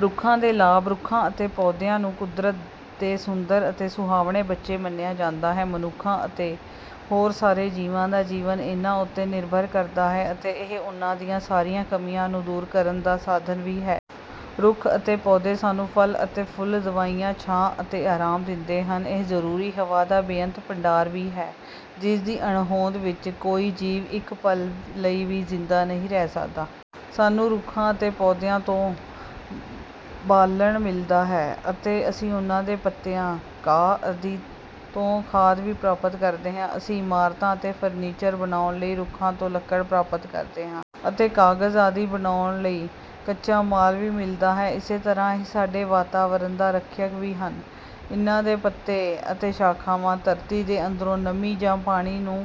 ਰੁੱਖਾਂ ਦੇ ਲਾਭ ਰੁੱਖਾਂ ਅਤੇ ਪੌਦਿਆਂ ਨੂੰ ਕੁਦਰਤ ਦੇ ਸੁੰਦਰ ਅਤੇ ਸੁਹਾਵਣੇ ਬੱਚੇ ਮੰਨਿਆ ਜਾਂਦਾ ਹੈ। ਮਨੁੱਖਾਂ ਅਤੇ ਹੋਰ ਸਾਰੇ ਜੀਵਾਂ ਦਾ ਜੀਵਨ ਇਹਨਾਂ ਉੱਤੇ ਨਿਰਭਰ ਕਰਦਾ ਹੈ। ਅਤੇ ਇਹ ਉਹਨਾਂ ਦੀਆਂ ਸਾਰੀਆਂ ਕਮੀਆਂ ਨੂੰ ਦੂਰ ਕਰਨ ਦਾ ਸਾਧਨ ਵੀ ਹੈ। ਰੁੱਖ ਅਤੇ ਪੌਦੇ ਸਾਨੂੰ ਫਲ ਅਤੇ ਫੁੱਲ, ਦਵਾਈਆਂ, ਛਾਂ ਅਤੇ ਆਰਾਮ ਦਿੰਦੇ ਹਨ। ਇਹ ਜ਼ਰੂਰੀ ਹਵਾ ਦਾ ਬੇਅੰਤ ਭੰਡਾਰ ਵੀ ਹੈ। ਜਿਸ ਦੀ ਅਣਹੋਂਦ ਵਿੱਚ ਕੋਈ ਜੀਵ ਇੱਕ ਪਲ ਲਈ ਵੀ ਜ਼ਿੰਦਾ ਨਹੀਂ ਰਹਿ ਸਕਦਾ। ਸਾਨੂੰ ਰੁੱਖਾਂ ਅਤੇ ਪੌਦਿਆਂ ਤੋਂ ਬਾਲਣ ਮਿਲਦਾ ਹੈ। ਅਤੇ ਅਸੀਂ ਉਹਨਾਂ ਦੇ ਪੱਤਿਆਂ, ਘਾ ਆਦਿ ਤੋਂ ਖਾਦ ਵੀ ਪ੍ਰਾਪਤ ਕਰਦੇ ਹਾਂ। ਅਸੀਂ ਇਮਾਰਤਾਂ ਅਤੇ ਫਰਨੀਚਰ ਬਣਾਉਣ ਲਈ ਰੁੱਖਾਂ ਤੋਂ ਲੱਕੜ ਪ੍ਰਾਪਤ ਕਰਦੇ ਹਾਂ। ਅਤੇ ਕਾਗਜ਼ ਆਦਿ ਬਣਾਉਣ ਲਈ ਕੱਚਾ ਮਾਲ ਵੀ ਮਿਲਦਾ ਹੈ। ਇਸੇ ਤਰ੍ਹਾਂ ਇਹ ਸਾਡੇ ਵਾਤਾਵਰਨ ਦਾ ਰੱਖਿਅਕ ਵੀ ਹਨ. ਇਨ੍ਹਾਂ ਦੇ ਪੱਤੇ ਅਤੇ ਸ਼ਾਖਾਵਾਂ ਧਰਤੀ ਦੇ ਅੰਦਰੋਂ ਨਮੀ ਜਾਂ ਪਾਣੀ ਨੂੰ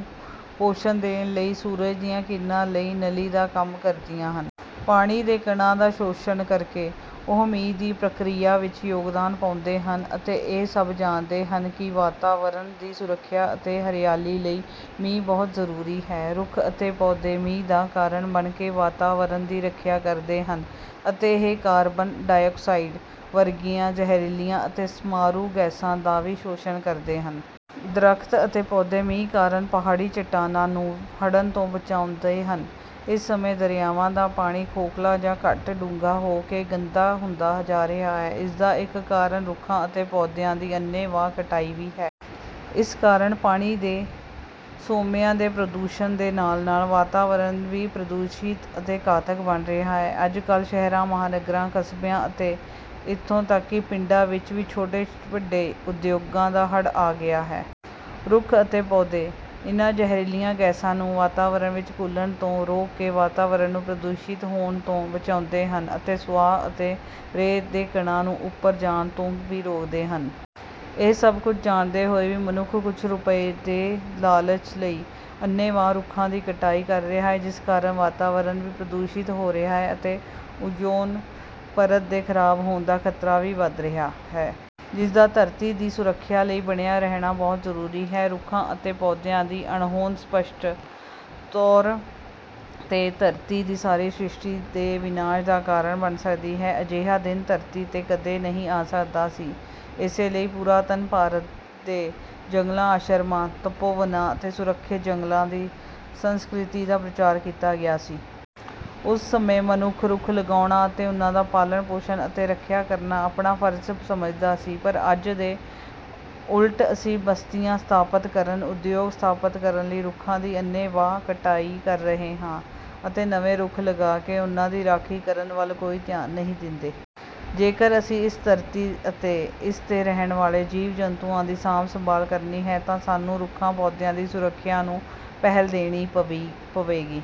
ਪੋਸ਼ਣ ਦੇਣ ਲਈ ਸੂਰਜ ਦੀਆਂ ਕਿਰਨਾਂ ਲਈ ਨਲੀ ਦਾ ਕੰਮ ਕਰਦੀਆਂ ਹਨ। ਪਾਣੀ ਦੇ ਕਣਾਂ ਦਾ ਸ਼ੋਸ਼ਣ ਕਰਕੇ, ਉਹ ਮੀਂਹ ਦੀ ਪ੍ਰਕਿਰਿਆ ਵਿੱਚ ਯੋਗਦਾਨ ਪਾਉਂਦੇ ਹਨ। ਅਤੇ ਇਹ ਸਭ ਜਾਣਦੇ ਹਨ ਕਿ ਵਾਤਾਵਰਨ ਦੀ ਸੁਰੱਖਿਆ ਅਤੇ ਹਰਿਆਲੀ ਲਈ ਮੀਂਹ ਬਹੁਤ ਜ਼ਰੂਰੀ ਹੈ। ਰੁੱਖ ਅਤੇ ਪੌਦੇ ਮੀਂਹ ਦਾ ਕਾਰਨ ਬਣ ਕੇ ਵਾਤਾਵਰਣ ਦੀ ਰੱਖਿਆ ਕਰਦੇ ਹਨ ਅਤੇ ਇਹ ਕਾਰਬਨ ਡਾਈਆਕਸਾਈਡ ਵਰਗੀਆਂ ਜ਼ਹਿਰੀਲੀਆਂ ਅਤੇ ਮਾਰੂ ਗੈਸਾਂ ਦਾ ਵੀ ਸ਼ੋਸ਼ਣ ਕਰਦੇ ਹਨ। ਦਰੱਖਤ ਅਤੇ ਪੌਦੇ ਮੀਂਹ ਕਾਰਨ ਪਹਾੜੀ ਚਟਾਨਾਂ ਨੂੰ ਹੜਨ ਤੋਂ ਬਚਾਉਂਦੇ ਹਨ। ਇਸ ਸਮੇਂ ਦਰਿਆਵਾਂ ਦਾ ਪਾਣੀ ਖੋਖਲਾ ਜਾਂ ਘੱਟ ਡੂੰਘਾ ਹੋ ਕੇ ਗੰਦਾ ਹੁੰਦਾ ਜਾ ਰਿਹਾ ਹੈ, ਇਸ ਦਾ ਇੱਕ ਕਾਰਨ ਰੁੱਖਾਂ ਅਤੇ ਪੌਦਿਆਂ ਦੀ ਅੰਨ੍ਹੇਵਾਹ ਕਟਾਈ ਵੀ ਹੈ। ਇਸ ਕਾਰਨ ਪਾਣੀ ਦੇ ਸੋਮਿਆਂ ਦੇ ਪ੍ਰਦੂਸ਼ਣ ਦੇ ਨਾਲ-ਨਾਲ ਵਾਤਾਵਰਣ ਵੀ ਪ੍ਰਦੂਸ਼ਿਤ ਅਤੇ ਘਾਤਕ ਬਣ ਰਿਹਾ ਹੈ। ਅੱਜ ਕੱਲ੍ਹ ਸ਼ਹਿਰਾਂ, ਮਹਾਨਗਰਾਂ, ਕਸਬਿਆਂ ਅਤੇ ਇੱਥੋਂ ਤੱਕ ਕਿ ਪਿੰਡਾਂ ਵਿੱਚ ਵੀ ਛੋਟੇ-ਵੱਡੇ ਉਦਯੋਗਾਂ ਦਾ ਹੜ੍ਹ ਆ ਗਿਆ ਹੈ। ਰੁੱਖ ਅਤੇ ਪੌਦੇ ਇਨ੍ਹਾਂ ਜ਼ਹਿਰੀਲੀਆਂ ਗੈਸਾਂ ਨੂੰ ਵਾਤਾਵਰਣ ਵਿੱਚ ਘੁਲਣ ਤੋਂ ਰੋਕ ਕੇ ਵਾਤਾਵਰਣ ਨੂੰ ਪ੍ਰਦੂਸ਼ਿਤ ਹੋਣ ਤੋਂ ਬਚਾਉਂਦੇ ਹਨ ਅਤੇ ਸੁਆਹ ਅਤੇ ਰੇਤ ਦੇ ਕਣਾਂ ਨੂੰ ਉੱਪਰ ਜਾਣ ਤੋਂ ਵੀ ਰੋਕਦੇ ਹਨ। ਇਹ ਸਭ ਕੁਝ ਜਾਣਦੇ ਹੋਏ ਵੀ ਮਨੁੱਖ ਕੁਝ ਰੁਪਏ ਦੇ ਲਾਲਚ ਲਈ ਅੰਨ੍ਹੇਵਾਹ ਰੁੱਖਾਂ ਦੀ ਕਟਾਈ ਕਰ ਰਿਹਾ ਹੈ। ਜਿਸ ਕਾਰਨ ਵਾਤਾਵਰਨ ਵੀ ਪ੍ਰਦੂਸ਼ਿਤ ਹੋ ਰਿਹਾ ਹੈ ਅਤੇ ਓਜ਼ੋਨ ਪਰਤ ਦੇ ਖ਼ਰਾਬ ਹੋਣ ਦਾ ਖ਼ਤਰਾ ਵੀ ਵੱਧ ਰਿਹਾ ਹੈ। ਜਿਸ ਦਾ ਧਰਤੀ ਦੀ ਸੁਰੱਖਿਆ ਲਈ ਬਣਿਆ ਰਹਿਣਾ ਬਹੁਤ ਜ਼ਰੂਰੀ ਹੈ। ਰੁੱਖਾਂ ਅਤੇ ਪੌਦਿਆਂ ਦੀ ਅਣਹੋਂਦ ਸਪੱਸ਼ਟ ਤੌਰ 'ਤੇ ਧਰਤੀ ਦੀ ਸਾਰੀ ਸ੍ਰਿਸ਼ਟੀ ਦੇ ਵਿਨਾਸ਼ ਦਾ ਕਾਰਨ ਬਣ ਸਕਦੀ ਹੈ। ਅਜਿਹਾ ਦਿਨ ਧਰਤੀ 'ਤੇ ਕਦੇ ਨਹੀਂ ਆ ਸਕਦਾ ਸੀ, ਇਸੇ ਲਈ ਪੁਰਾਤਨ ਭਾਰਤ ਦੇ ਜੰਗਲਾਂ, ਆਸ਼ਰਮਾਂ, ਤਪੋਵਨਾਂ ਅਤੇ ਸੁਰੱਖਿਅਤ ਜੰਗਲਾਂ ਦੀ ਸੰਸਕ੍ਰਿਤੀ ਦਾ ਪ੍ਰਚਾਰ ਕੀਤਾ ਗਿਆ ਸੀ। ਉਸ ਸਮੇਂ ਮਨੁੱਖ ਰੁੱਖ ਲਗਾਉਣਾ ਅਤੇ ਉਨ੍ਹਾਂ ਦਾ ਪਾਲਣ ਪੋਸ਼ਣ ਅਤੇ ਰੱਖਿਆ ਕਰਨਾ ਆਪਣਾ ਫਰਜ਼ ਸਮਝਦਾ ਸੀ। ਪਰ ਅੱਜ ਇਸ ਦੇ ਉਲਟ ਅਸੀਂ ਬਸਤੀਆਂ ਸਥਾਪਤ ਕਰਨ, ਉਦਯੋਗ ਸਥਾਪਤ ਕਰਨ ਲਈ ਰੁੱਖਾਂ ਦੀ ਅੰਨ੍ਹੇਵਾਹ ਕਟਾਈ ਕਰ ਰਹੇ ਹਾਂ ਅਤੇ ਨਵੇਂ ਰੁੱਖ ਲਗਾ ਕੇ ਉਨ੍ਹਾਂ ਦੀ ਰਾਖੀ ਕਰਨ ਵੱਲ ਕੋਈ ਧਿਆਨ ਨਹੀਂ ਦਿੰਦੇ। ਜੇਕਰ ਅਸੀਂ ਇਸ ਧਰਤੀ ਅਤੇ ਇਸ 'ਤੇ ਰਹਿਣ ਵਾਲੇ ਜੀਵ-ਜੰਤੂਆਂ ਦੀ ਸਾਂਭ-ਸੰਭਾਲ ਕਰਨੀ ਹੈ ਤਾਂ ਸਾਨੂੰ ਰੁੱਖਾਂ-ਪੌਦਿਆਂ ਦੀ ਸੁਰੱਖਿਆ ਨੂੰ ਪਹਿਲ ਦੇਣੀ ਪਵੇਗੀ।